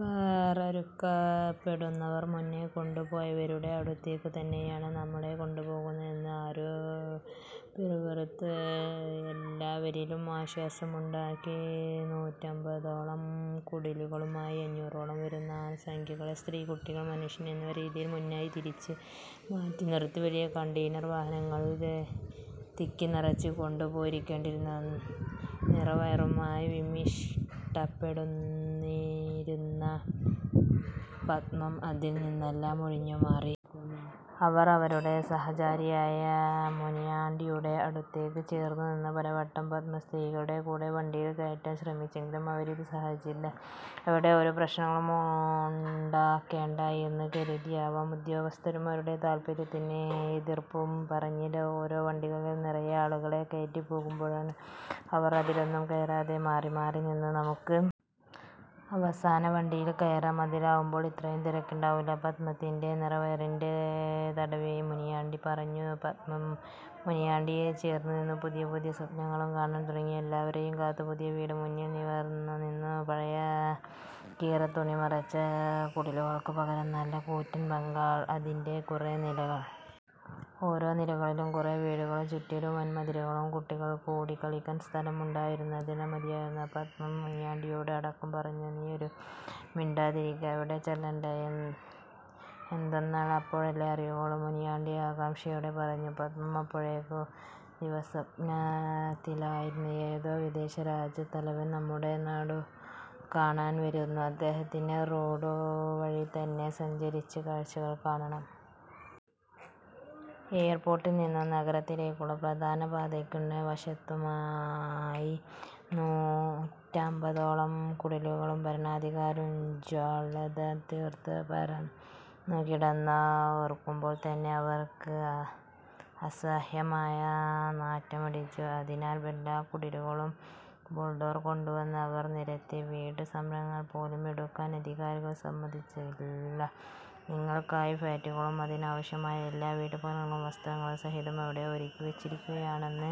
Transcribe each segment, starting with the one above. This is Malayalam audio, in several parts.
വേരറുക്കപ്പെടുന്നവർ, മുന്നേ കൊണ്ടുപോയവരുടെ അടുത്തേക്കു തന്നെയാണ് നമ്മളെയും കൊണ്ടുപോകുന്നത് എന്ന് ആരോ പിറുപിറുത്തു. അത് എല്ലാവരിലും ആശ്വാസമുണ്ടാക്കി. നൂറ്റമ്പതോളം കുടിലുകളിലായി അഞ്ഞൂറോളം വരുന്ന അംഗസംഖ്യയെ സ്ത്രീകൾ, കുട്ടികൾ, പുരുഷന്മാർ എന്ന രീതിയിൽ മുന്നായി തിരിച്ച് മാറ്റിനിർത്തി വലിയ കണ്ടെയ്നർ വാഹനങ്ങളിൽ തിക്കിനിറച്ച് കൊണ്ടുപോയിക്കൊണ്ടിരുന്നു. നിറവയറുമായി വിമ്മിഷ്ടപ്പെട്ടുനിന്നിരുന്ന പത്മം അതിൽ നിന്നെല്ലാം ഒഴിഞ്ഞുമാറിനിന്നു. അവൾ അവളുടെ സഹചാരിയായ മുനിയാണ്ടിയുടെ അടുത്തേക്കു ചേർന്നുനിന്നു. പലവട്ടം പത്മത്തെ സ്ത്രീകളുടെ കൂടെ വണ്ടിയിൽ കയറ്റാൻ ശ്രമിച്ചെങ്കിലും അവരതിന് സഹകരിച്ചില്ല. അവിടെ ഒരു പ്രശ്നമുണ്ടാക്കേണ്ട എന്ന് കരുതിയാവാം ഉദ്യോഗസ്ഥരും അവരുടെ താൽപര്യത്തിന് എതിർപ്പു പറഞ്ഞില്ല. ഓരോ വണ്ടികളിലും നിറയെ ആളുകളെ കയറ്റിപ്പോകുമ്പോഴെല്ലാം അവർ അതിലൊന്നും കയറാതെ മാറിമാറിനിന്നു. നമുക്ക് അവസാനവണ്ടിയിൽ കയറാം. അതിലാകുമ്പോൾ ഇത്രയും തിരക്കുണ്ടാകില്ല. പത്മത്തിൻ്റെ നിറവയറിൽ തടവി മുനിയാണ്ടി പറഞ്ഞു. പത്മം മുനിയാണ്ടിയെ ചേർന്നുനിന്ന് പുതിയ പുതിയ സ്വപ്നങ്ങൾ കാണാൻ തുടങ്ങി. എല്ലാവരെയും കാത്ത് പുതിയ വീട് മുന്നിൽ നിവർന്നുനിന്നു. പഴയ കീറത്തുണി മറച്ച കുടിലുകൾക്ക് പകരം നല്ല കൂറ്റൻ ബംഗ്ലാവ്. അതിൽ കുറേ നിലകൾ. ഓരോ നിലകളിലും കുറേ വീടുകൾ. ചുറ്റിലും വൻമതിലുകൾ. കുട്ടികൾക്ക് ഓടിക്കളിക്കാൻ സ്ഥലം ഉണ്ടായിരുന്നാൽ മതിയായിരുന്നു. പത്മം മുനിയാണ്ടിയോട് അടക്കം പറഞ്ഞു. നീയൊന്നു മിണ്ടാതിരിക്ക്. അവിടെ ചെല്ലട്ടെ. എന്താണെന്ന് അപ്പോഴല്ലേ അറിയുള്ളൂ. മുനിയാണ്ടി ആകാംക്ഷയോടെ പറഞ്ഞു. പത്മം അപ്പോഴും ദിവാസ്വപ്നത്തിലായിരുന്നു. ഏതോ വിദേശ രാഷ്ട്രത്തലവൻ നമ്മുടെ നാടുകാണാൻ വരുന്നു. അദ്ദേഹത്തിന് റോഡുവഴി തന്നെ സഞ്ചരിച്ച് കാഴ്ചകൾ കാണണം. എയർപോർട്ടിൽനിന്നും നഗരത്തിലേക്കുള്ള പ്രധാനപാതയ്ക്കിരുവശത്തുമായി നൂറ്റമ്പതോളം കുടിലുകൾ ഭരണാധികാരികൾക്ക് ജാള്യത തീർത്ത് പരന്നുകിടന്നു. ഓർക്കുമ്പോൾതന്നെ അവർക്ക് അസഹ്യമായ നാറ്റമടിച്ചു. അതിനാൽ എല്ലാ കുടിലുകളും ബുൾഡോസർ കൊണ്ടുവന്ന് അവർ നിരത്തി. വീട്ടുസാമഗ്രികൾ പോലും എടുക്കാൻ അധികാരികൾ സമ്മതിച്ചില്ല. നിങ്ങൾക്കായി ഫ്ലാറ്റുകളും അതിൽ ആവശ്യമായ എല്ലാ വീട്ടുപകരണങ്ങളും വസ്ത്രങ്ങൾ സഹിതം അവിടെ ഒരുക്കിവെച്ചിരിക്കുകയാണെന്ന്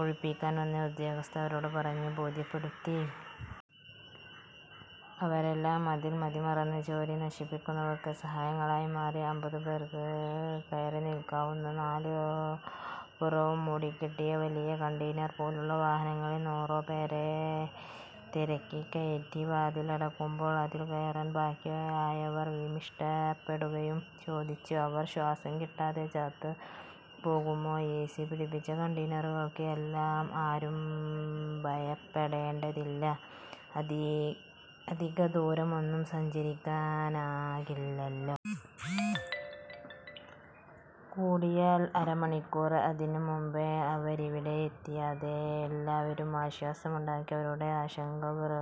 ഒഴിപ്പിക്കാൻ വന്ന ഉദ്യോഗസ്ഥർ അവരോടു പറഞ്ഞ് ബോധ്യപ്പെടുത്തി. അവരെല്ലാം അതിൽ മതിമറന്ന് ചേരികൾ നശിപ്പിക്കുന്നവർക്കുള്ള സഹായികളായി മാറി. അമ്പതുപേർക്ക് കയറിനിൽക്കാവുന്ന നാലുപുറവും മൂടിക്കെട്ടിയ വലിയ കണ്ടെയ്നർ പോലുള്ള വാഹനത്തിൽ നൂറോളം പേരെ തിരുകിക്കയറ്റി വാതിലടയ്ക്കുമ്പോൾ അതിൽ കയറാൻ ബാക്കിയായവർ വിമ്മിഷ്ടപ്പെട്ടുകൊണ്ട് ചോദിച്ചു. അവർ ശ്വാസം കിട്ടാതെ ചത്തുപോകുമോ. എസി പിടിപ്പിച്ച കണ്ടെയ്നറുകളാണ് എല്ലാം. ആരും ഭയപ്പെടേണ്ടതില്ല. അധികദൂരമൊന്നും സഞ്ചരിക്കാനില്ലല്ലോ. കൂടിയാൽ അര മണിക്കൂർ. അതിനുമുന്നേ അവരവിടെയെത്തില്ലേ. അതെല്ലാവരിലും ആശ്വാസമുണ്ടാക്കി. അവരുടെ ആശങ്കകൾ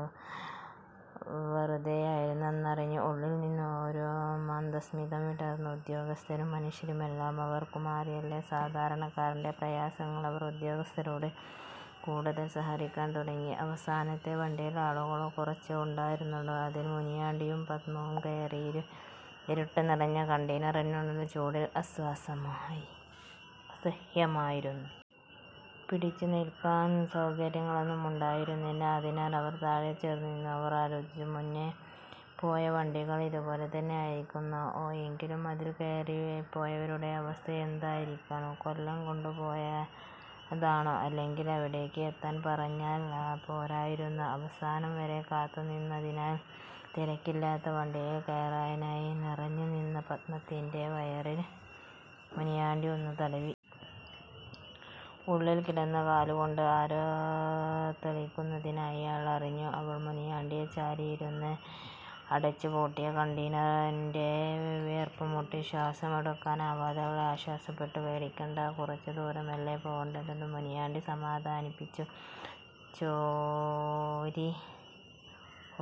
വെറുതെയായിരുന്നെന്നറിഞ്ഞ് ഉള്ളിൽനിന്നും ഒരു മന്ദസ്മിതം വിടർന്നു. ഉദ്യോഗസ്ഥന്മാരും മനുഷ്യന്മാരല്ലേ. അവർക്കുമറിയില്ലേ സാധാരണക്കാരൻ്റെ പ്രയാസങ്ങൾ. അവർ ഉദ്യോഗസ്ഥരോട് കൂടുതൽ സഹകരിക്കാൻ തുടങ്ങി. അവസാനത്തെ വണ്ടിയിൽ ആളുകൾ കുറച്ചേ ഉണ്ടായിരുന്നുള്ളൂ. അതിൽ മുനിയാണ്ടിയും പത്മവും കയറി. ഇരുട്ടുനിറഞ്ഞ കണ്ടെയ്നറിനുള്ളിൽ ചൂട് അസഹ്യമായിരുന്നു. പിടിച്ചുനിൽക്കാൻ സൗകര്യങ്ങളൊന്നുമുണ്ടായിരുന്നില്ല. അതിനാൽ അവർ താഴെ ചേർന്നിരുന്നു. അവർ ആലോചിച്ചു. മുന്നേ പോയ വണ്ടികളും ഇതുപോലെത്തന്നെയായിരുന്നോ. ഓ, എങ്കിൽ അതിൽ കയറിപ്പോയവരുടെ അവസ്ഥ എന്തായിക്കാണും. കൊല്ലാൻ കൊണ്ടുപോയതാണോ. അല്ലെങ്കിൽ അവിടേക്ക് എത്താൻ പറഞ്ഞാൽ പോരായിരുന്നോ. അവസാനം വരെ കാത്തുനിന്നതിനാൽ തിരക്കില്ലാത്ത വണ്ടിയിൽ കയറാനായി. നിറഞ്ഞുനിന്ന പത്മത്തിൻ്റെ വയറിൽ മുനിയാണ്ടി ഒന്നു തടവി. ഉള്ളിൽ കിടന്ന് കാലുകൊണ്ട് ആരോ തൊഴിക്കുന്നതായി അയാൾ അറിഞ്ഞു. അവൾ മുനിയാണ്ടിയെ ചാരിയിരുന്നു. അടച്ചുപൂട്ടിയ കണ്ടെയ്നറിൽ വീർപ്പുമുട്ടി ശ്വാസമെടുക്കാനാവാതെ അവൾ ആയാസപ്പെട്ടു. പേടിക്കേണ്ട, കുറച്ചുദൂരമല്ലേ പോകേണ്ടതുള്ളൂ. മുനിയാണ്ടി സമാധാനിപ്പിച്ചു. ചേരി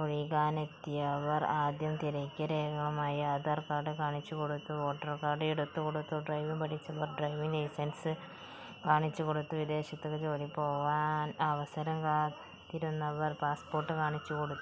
ഒഴിക്കാനെത്തിയവർ ആദ്യം തിരക്കിയത് രേഖകളായിരുന്നു. ആധാർ കാർഡ് കാണിച്ചുകൊടുത്തു. വോട്ടർ കാർഡ് എടുത്തുകൊടുത്തു. ഡ്രൈവിങ് പഠിച്ചവർ ഡ്രൈവിങ് ലൈസൻസ് കാണിച്ചുകൊടുത്തു. വിദേശത്ത് ജോലിക്ക് പോകാൻ അവസരം കാത്തിരുന്നവർ പാസ്‌പോർട്ട് കാണിച്ചുകൊടുത്തു.